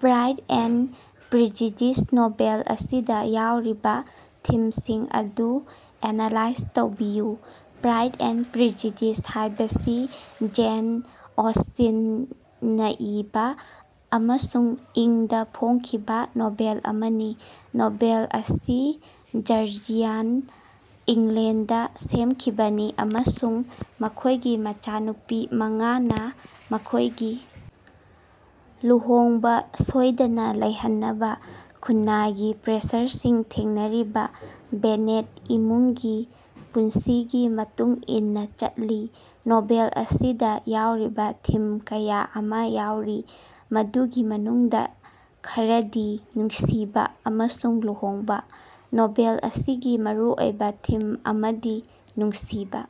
Pride and Prejudice novel ꯑꯁꯤꯗ ꯌꯥꯎꯔꯤꯕ ꯊꯤꯝꯁꯤꯡ ꯑꯗꯨ ꯑꯦꯅꯥꯂꯥꯏꯖ ꯇꯧꯕꯤꯌꯨ꯫ ꯄ꯭ꯔꯥꯏꯗ ꯑꯦꯟꯗ ꯄ꯭ꯔꯤꯖꯨꯗꯤꯁ ꯍꯥꯏꯕꯁꯤ ꯖꯦꯟ ꯑꯣꯁ꯭ꯇꯦꯟꯅ ꯏꯕꯥ ꯑꯃꯁꯨꯡ ꯏꯪ ꯗꯥ ꯐꯣꯡꯈꯤꯕ ꯅꯣꯚꯦꯜ ꯑꯃꯅꯤ, ꯅꯣꯚꯦꯜ ꯑꯁꯤ ꯖꯔꯖꯤꯌꯥꯟ ꯏꯪꯂꯦꯟꯗꯗ ꯁꯦꯝꯈꯤꯕꯅꯤ ꯑꯃꯁꯨꯡ ꯃꯈꯣꯏꯒꯤ ꯃꯆꯥꯅꯨꯄꯤ ꯃꯉꯥꯅ ꯃꯈꯣꯏꯒꯤ ꯂꯨꯍꯣꯡꯕ ꯁꯣꯏꯗꯅ ꯂꯩꯍꯟꯅꯕ ꯈꯨꯟꯅꯥꯏꯒꯤ ꯄ꯭ꯔꯦꯁꯔꯁꯤꯡ ꯊꯦꯡꯅꯔꯤꯕ ꯕꯦꯅꯦꯠ ꯏꯃꯨꯡꯒꯤ ꯄꯨꯟꯁꯤꯒꯤ ꯃꯇꯨꯡ ꯏꯟꯅ ꯆꯠꯂꯤ꯫ ꯅꯣꯚꯦꯜ ꯑꯁꯤꯗ ꯌꯥꯎꯔꯤꯕ ꯊꯤꯝ ꯀꯌꯥ ꯑꯃ ꯌꯥꯎꯔꯤ, ꯃꯗꯨꯒꯤ ꯃꯅꯨꯡꯗ ꯈꯔꯗꯤ: ꯅꯨꯡꯁꯤꯕ ꯑꯃꯁꯨꯡ ꯂꯨꯍꯣꯡꯕ – ꯅꯣꯚꯦꯜ ꯑꯁꯤꯒꯤ ꯃꯔꯨ ꯑꯣꯏꯕ ꯊꯤꯝ ꯑꯃꯗꯤ ꯅꯨꯡꯁꯤꯕ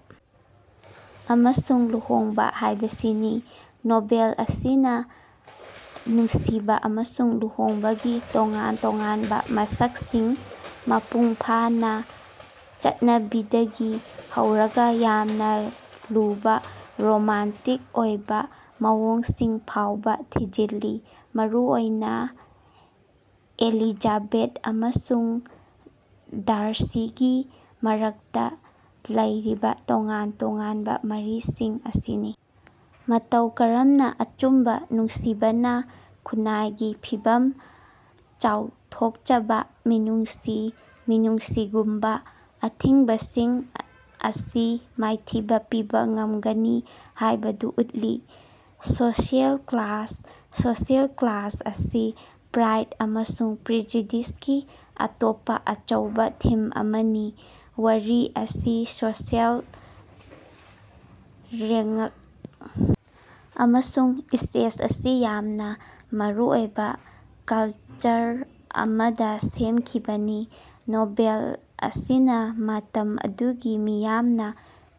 ꯑꯃꯁꯨꯡ ꯂꯨꯍꯣꯡꯕ ꯍꯥꯏꯕꯁꯤꯅꯤ꯫ ꯅꯣꯚꯦꯜ ꯑꯁꯤꯅ ꯅꯨꯡꯁꯤꯕ ꯑꯃꯁꯨꯡ ꯂꯨꯍꯣꯡꯕꯒꯤ ꯇꯣꯉꯥꯟ ꯇꯣꯉꯥꯟꯕ ꯃꯁꯛꯁꯤꯡ, ꯃꯄꯨꯡ ꯐꯥꯅ ꯆꯠꯅꯕꯤꯗꯒꯤ ꯍꯧꯔꯒ ꯌꯥꯝꯅ ꯂꯨꯕ ꯔꯣꯃꯥꯟꯇꯤꯛ ꯑꯣꯏꯕ ꯃꯑꯣꯡꯁꯤꯡ ꯐꯥꯎꯕ ꯊꯤꯖꯤꯜꯂꯤ꯫ ꯃꯔꯨ ꯑꯣꯏꯅ ꯑꯦꯂꯤꯖꯥꯕꯦꯠ ꯑꯃꯁꯨꯡ ꯗꯥꯔꯁꯤꯒꯤ ꯃꯔꯛꯇ ꯂꯩꯔꯤꯕ ꯇꯣꯉꯥꯟ ꯇꯣꯉꯥꯟꯕ ꯃꯔꯤꯁꯤꯡ ꯑꯁꯤꯅ ꯃꯇꯧ ꯀꯔꯝꯅ ꯑꯆꯨꯝꯕ ꯅꯨꯡꯁꯤꯕꯅ ꯈꯨꯟꯅꯥꯏꯒꯤ ꯐꯤꯚꯝ, ꯆꯥꯎꯊꯣꯛꯆꯕ, ꯃꯤꯅꯨꯡꯁꯤ, ꯃꯤꯅꯨꯡꯁꯤꯒꯨꯝꯕ ꯑꯊꯤꯡꯕꯁꯤꯡ ꯑꯁꯤ ꯃꯥꯏꯊꯤꯕꯥ ꯄꯤꯕ ꯉꯝꯒꯅꯤ ꯍꯥꯏꯕꯗꯨ ꯎꯠꯂꯤ꯫ ꯁꯣꯁꯤꯑꯦꯜ ꯀ꯭ꯂꯥꯁ – ꯁꯣꯁꯤꯑꯦꯜ ꯀ꯭ꯂꯥꯁ ꯑꯁꯤ ꯄ꯭ꯔꯥꯏꯗ ꯑꯃꯁꯨꯡ ꯄ꯭ꯔꯤꯖꯨꯗꯤꯁꯀꯤ ꯑꯇꯣꯞꯄ ꯑꯆꯧꯕ ꯊꯤꯝ ꯑꯃꯅꯤ꯫ ꯋꯥꯔꯤ ꯑꯁꯤ ꯁꯣꯁꯤꯑꯦꯜ ꯔꯦꯉꯛ ꯑꯃꯁꯨꯡ ꯁ꯭ꯇꯦꯇꯁ ꯑꯁꯤ ꯌꯥꯝꯅ ꯃꯔꯨꯑꯣꯏꯕ ꯀꯜꯆꯔ ꯑꯃꯗ ꯁꯦꯝꯈꯤꯕꯅꯤ꯫ ꯅꯣꯚꯦꯜ ꯑꯁꯤꯅ ꯃꯇꯝ ꯑꯗꯨꯒꯤ ꯃꯤꯌꯥꯝꯅ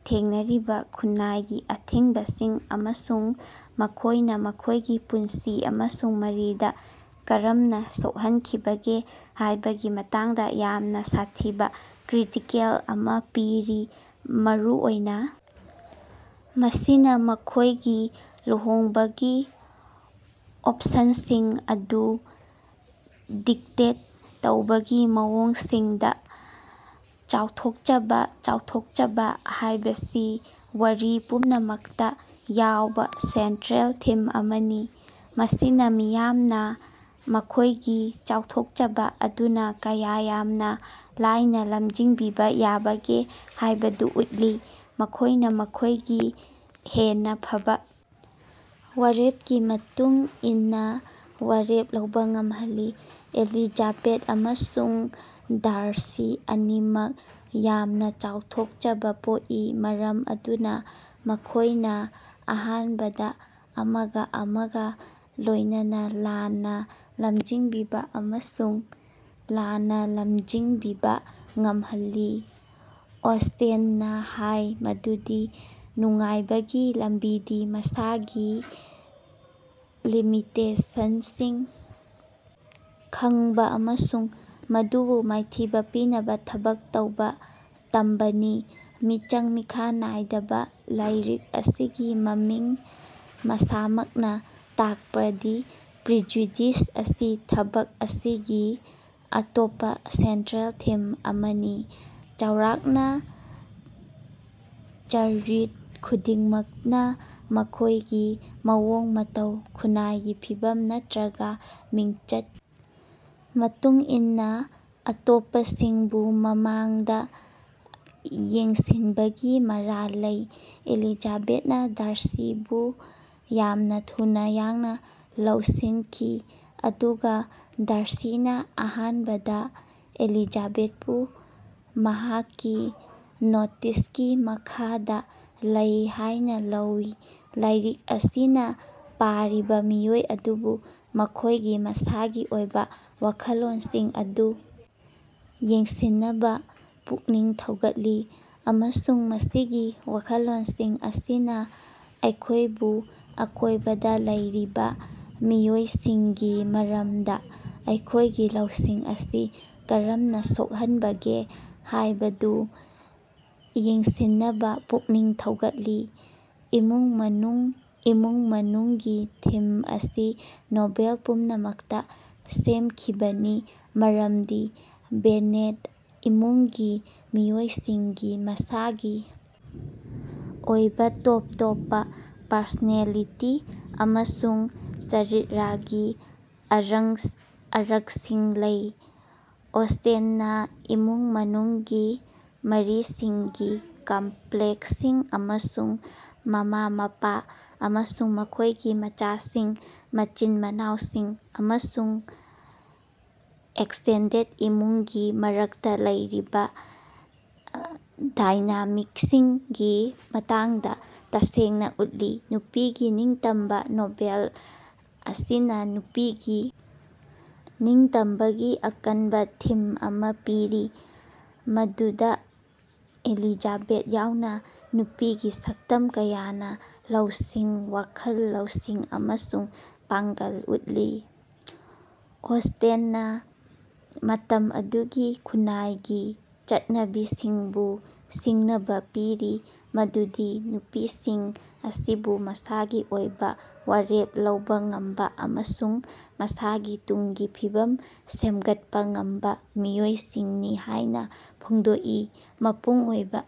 ꯊꯦꯡꯅꯔꯤꯕ ꯈꯨꯟꯅꯥꯏꯒꯤ ꯑꯊꯤꯡꯕꯁꯤꯡ ꯑꯃꯁꯨꯡ ꯃꯈꯣꯏꯅ ꯃꯈꯣꯏꯒꯤ ꯄꯨꯟꯁꯤ ꯑꯃꯁꯨꯡ ꯃꯔꯤꯗ ꯀꯔꯝꯅ ꯁꯣꯛꯍꯟꯈꯤꯕꯒꯦ ꯍꯥꯏꯕꯒꯤ ꯃꯇꯥꯡꯗ ꯌꯥꯝꯅ ꯁꯥꯊꯤꯕ ꯀ꯭ꯔꯤꯇꯤꯀꯦꯜ ꯑꯃ ꯄꯤꯔꯤ, ꯃꯔꯨ ꯑꯣꯏꯅ ꯃꯁꯤꯅ ꯃꯈꯣꯏꯒꯤ ꯂꯨꯍꯣꯡꯕꯒꯤ ꯑꯣꯞꯁꯟꯁꯤꯡ ꯑꯗꯨ ꯗꯤꯛꯇꯦꯠ ꯇꯧꯕꯒꯤ ꯃꯑꯣꯡꯁꯤꯡꯗ꯫ ꯆꯥꯎꯊꯣꯛꯆꯕ ꯆꯥꯎꯊꯣꯛꯆꯕ ꯍꯥꯏꯕꯁꯤ ꯋꯥꯔꯤ ꯄꯨꯝꯅꯃꯛꯇ ꯌꯥꯎꯕ ꯁꯦꯟꯇꯔꯦꯜ ꯊꯤꯝ ꯑꯃꯅꯤ꯫ ꯃꯁꯤꯅ ꯃꯤꯌꯥꯝꯅ ꯃꯈꯣꯏꯒꯤ ꯆꯥꯎꯊꯣꯛꯆꯕ ꯑꯗꯨꯅ ꯀꯌꯥ ꯌꯥꯝꯅ ꯂꯥꯏꯅ ꯂꯝꯖꯤꯡꯕꯤꯕ ꯌꯥꯕꯒꯦ ꯍꯥꯏꯕꯗꯨ ꯎꯠꯂꯤ, ꯃꯈꯣꯏꯅ ꯃꯈꯣꯏꯒꯤ ꯍꯦꯟꯅ ꯐꯕꯥ ꯋꯥꯔꯦꯞꯀꯤ ꯃꯇꯨꯡ ꯏꯟꯅꯥ ꯋꯥꯔꯦꯞ ꯂꯧꯕꯥ ꯉꯝꯍꯜꯂꯤ꯫ ꯑꯦꯂꯤꯖꯥꯕꯦꯠ ꯑꯃꯁꯨꯡ ꯗꯥꯔꯁꯤ ꯑꯅꯤꯃꯛ ꯌꯥꯝꯅ ꯆꯥꯎꯊꯣꯛꯆꯕ ꯄꯣꯛꯏ, ꯃꯔꯝ ꯑꯗꯨꯅ ꯃꯈꯣꯏꯅ ꯑꯍꯥꯅꯕꯗ ꯑꯃꯒ ꯑꯃꯒ ꯂꯣꯏꯅꯅ ꯂꯥꯟꯅ ꯂꯝꯖꯤꯡꯕꯤꯕ ꯑꯃꯁꯨꯡ ꯂꯥꯟꯅ ꯂꯝꯖꯤꯡꯕꯤꯕ ꯉꯝꯍꯜꯂꯤ꯫ ꯑꯣꯁ꯭ꯇꯦꯅꯅ ꯍꯥꯏ ꯃꯗꯨꯗꯤ ꯅꯨꯡꯉꯥꯏꯕꯒꯤ ꯂꯝꯕꯤꯗꯤ ꯃꯁꯥꯒꯤ ꯂꯤꯃꯤꯇꯦꯁꯅꯁꯤꯡ ꯈꯪꯕꯥ ꯑꯃꯁꯨꯡ ꯃꯗꯨꯕꯨ ꯃꯥꯏꯊꯤꯕꯥ ꯄꯤꯅꯕꯥ ꯊꯕꯛ ꯇꯧꯕꯥ ꯇꯝꯕꯅꯤ꯫ ꯃꯤꯆꯪ-ꯃꯤꯈꯥꯏ ꯅꯥꯏꯗꯕ ꯂꯥꯏꯔꯤꯛ ꯑꯁꯤꯒꯤ ꯃꯃꯤꯡ ꯃꯁꯥꯃꯛꯅꯥ ꯇꯥꯛꯄꯗꯤ ꯄ꯭ꯔꯤꯖꯨꯗꯤꯁ ꯑꯁꯤ ꯊꯕꯛ ꯑꯁꯤꯒꯤ ꯑꯇꯣꯞꯄꯥ ꯁꯦꯟꯠꯔꯦꯜ ꯊꯤꯝ ꯑꯃꯅꯤ꯫ ꯆꯥꯎꯔꯥꯛꯅ ꯆꯔꯤꯠꯔ ꯈꯨꯗꯤꯡꯃꯛꯅ ꯃꯈꯣꯏꯒꯤ ꯃꯑꯣꯡ ꯃꯇꯧ, ꯈꯨꯟꯅꯥꯏꯒꯤ ꯐꯤꯚꯝ ꯅꯠꯇꯔꯒꯥ ꯃꯤꯡꯆꯠꯀꯤ ꯃꯇꯨꯡ ꯏꯟꯅꯥ ꯑꯇꯣꯞꯄꯁꯤꯡꯕꯨ ꯃꯃꯥꯡꯗꯥ ꯌꯦꯡꯁꯤꯟꯕꯒꯤ ꯃꯔꯥꯜ ꯂꯩ꯫ ꯑꯦꯂꯤꯖꯥꯕꯦꯠꯅꯥ ꯗꯥꯔꯁꯤꯕꯨ ꯌꯥꯝꯅꯥ ꯊꯨꯅꯥ ꯌꯥꯡꯅ ꯂꯧꯁꯤꯅꯈꯤ, ꯑꯗꯨꯒꯥ ꯗꯥꯔꯁꯤꯅꯥ ꯑꯍꯥꯅꯕꯗꯥ ꯑꯦꯂꯤꯖꯥꯕꯦꯠꯕꯨ ꯃꯍꯥꯛꯀꯤ ꯅꯣꯇꯤꯁꯀꯤ ꯃꯈꯥꯗꯥ ꯂꯩ ꯍꯥꯌꯅꯥ ꯂꯧꯏ꯫ ꯂꯥꯏꯔꯤꯛ ꯑꯁꯤꯅꯥ ꯄꯥꯔꯤꯕꯥ ꯃꯤꯑꯣꯏ ꯑꯗꯨꯕꯨ ꯃꯈꯣꯌꯒꯤ ꯃꯁꯥꯒꯤ ꯑꯣꯏꯕ ꯋꯥꯈꯜꯂꯣꯟꯁꯤꯡ ꯑꯗꯨ ꯌꯦꯡꯁꯤꯟꯅꯕꯥ ꯄꯨꯛꯅꯤꯡ ꯊꯧꯒꯠꯂꯤ, ꯑꯃꯁꯨꯡ ꯃꯁꯤꯒꯤ ꯋꯥꯈꯜꯂꯣꯟꯁꯤꯡ ꯑꯁꯤꯅꯥ ꯑꯩꯈꯣꯏꯒꯤ ꯑꯀꯣꯏꯕꯗ ꯂꯩꯔꯤꯕꯥ ꯃꯤꯑꯣꯏꯁꯤꯡꯒꯤ ꯃꯔꯝꯗ ꯑꯩꯈꯣꯏꯒꯤ ꯂꯧꯁꯤꯡ ꯑꯁꯤ ꯀꯔꯝꯅ ꯁꯣꯛꯍꯟꯕꯒꯦ ꯍꯥꯌꯕꯗꯨ ꯌꯦꯡꯁꯤꯟꯅꯕꯥ ꯄꯨꯛꯅꯤꯡ ꯊꯧꯒꯠꯂꯤ꯫ ꯏꯃꯨꯡ-ꯃꯅꯨꯡ ꯏꯃꯨꯡ-ꯃꯅꯨꯡꯒꯤ ꯊꯤꯝ ꯑꯁꯤ ꯅꯣꯚꯦꯜ ꯄꯨꯝꯅꯃꯛꯇꯥ ꯁꯦꯝꯈꯤꯕꯅꯤ, ꯃꯔꯝꯗꯤ ꯕꯦꯅꯦꯠ ꯏꯃꯨꯡꯒꯤ ꯃꯤꯑꯣꯏꯁꯤꯡꯒꯤ ꯃꯁꯥꯒꯤ ꯑꯣꯏꯕꯥ ꯇꯣꯞ ꯇꯣꯞꯄꯥ ꯄꯔꯅꯦꯂꯤꯇꯤ ꯑꯃꯁꯨꯡ ꯆꯔꯤꯠꯔꯒꯤ ꯑꯥꯔꯛꯁꯤꯡ ꯂꯩ꯫ ꯑꯣꯁ꯭ꯇꯦꯅꯅꯥ ꯏꯃꯨꯡ ꯃꯅꯨꯡꯒꯤ ꯃꯔꯤꯁꯤꯡꯒꯤ ꯀꯝꯄ꯭ꯂꯦꯛꯁꯁꯤꯡ ꯑꯃꯁꯨꯡ ꯃꯃꯥ-ꯃꯄꯥ ꯑꯃꯁꯨꯡ ꯃꯈꯣꯏꯒꯤ ꯃꯆꯥꯁꯤꯡ, ꯃꯆꯤꯟ-ꯃꯅꯥꯑꯣꯁꯤꯡ ꯑꯃꯁꯨꯡ ꯑꯦꯛꯁꯇꯦꯟꯗꯦꯗ ꯏꯃꯨꯡꯒꯤ ꯃꯔꯛꯇꯥ ꯂꯩꯔꯤꯕꯥ ꯗꯥꯏꯅꯥꯃꯤꯛꯁꯤꯡꯒꯤ ꯃꯇꯥꯡꯗꯥ ꯇꯁꯦꯡꯅꯥ ꯎꯠꯂꯤ꯫ ꯅꯨꯄꯤꯒꯤ ꯅꯤꯡꯇꯝꯕꯥ ꯅꯣꯚꯦꯜ ꯑꯁꯤꯅꯥ ꯅꯨꯄꯤꯒꯤ ꯅꯤꯡꯇꯝꯕꯒꯤ ꯑꯀꯟꯕꯥ ꯊꯤꯝ ꯑꯃꯥ ꯄꯤꯔꯤ, ꯃꯗꯨꯗꯥ ꯑꯦꯂꯤꯖꯥꯕꯦꯠ ꯌꯥꯎꯅ ꯅꯨꯄꯤꯒꯤ ꯁꯛꯇꯝ ꯀꯌꯥꯅꯥ ꯂꯧꯁꯤꯡ, ꯋꯥꯈꯜ ꯂꯧꯁꯤꯡ ꯑꯃꯁꯨꯡ ꯄꯥꯡꯒꯜ ꯎꯠꯂꯤ꯫ ꯑꯣꯁ꯭ꯇꯦꯅꯅꯥ ꯃꯇꯝ ꯑꯗꯨꯒꯤ ꯈꯨꯟꯅꯥꯏꯒꯤ ꯆꯠꯅꯕꯤꯁꯤꯡꯕꯨ ꯁꯤꯡꯅꯕ ꯄꯤꯔꯤ ꯃꯗꯨꯗꯤ ꯅꯨꯄꯤꯁꯤꯡ ꯑꯁꯤꯕꯨ ꯃꯁꯥꯒꯤ ꯑꯣꯏꯕꯥ ꯋꯥꯔꯦꯞ ꯂꯧꯕꯥ ꯉꯝꯕꯥ ꯑꯃꯁꯨꯡ ꯃꯁꯥꯒꯤ ꯇꯨꯡꯒꯤ ꯐꯤꯕꯝ ꯁꯦꯝꯒꯠꯄ ꯉꯝꯕ ꯃꯤꯑꯣꯏꯁꯤꯡꯅꯤ ꯍꯥꯏꯅ ꯐꯣꯡꯗꯣꯛꯏ꯫ ꯃꯄꯨꯡ ꯑꯣꯏꯕ।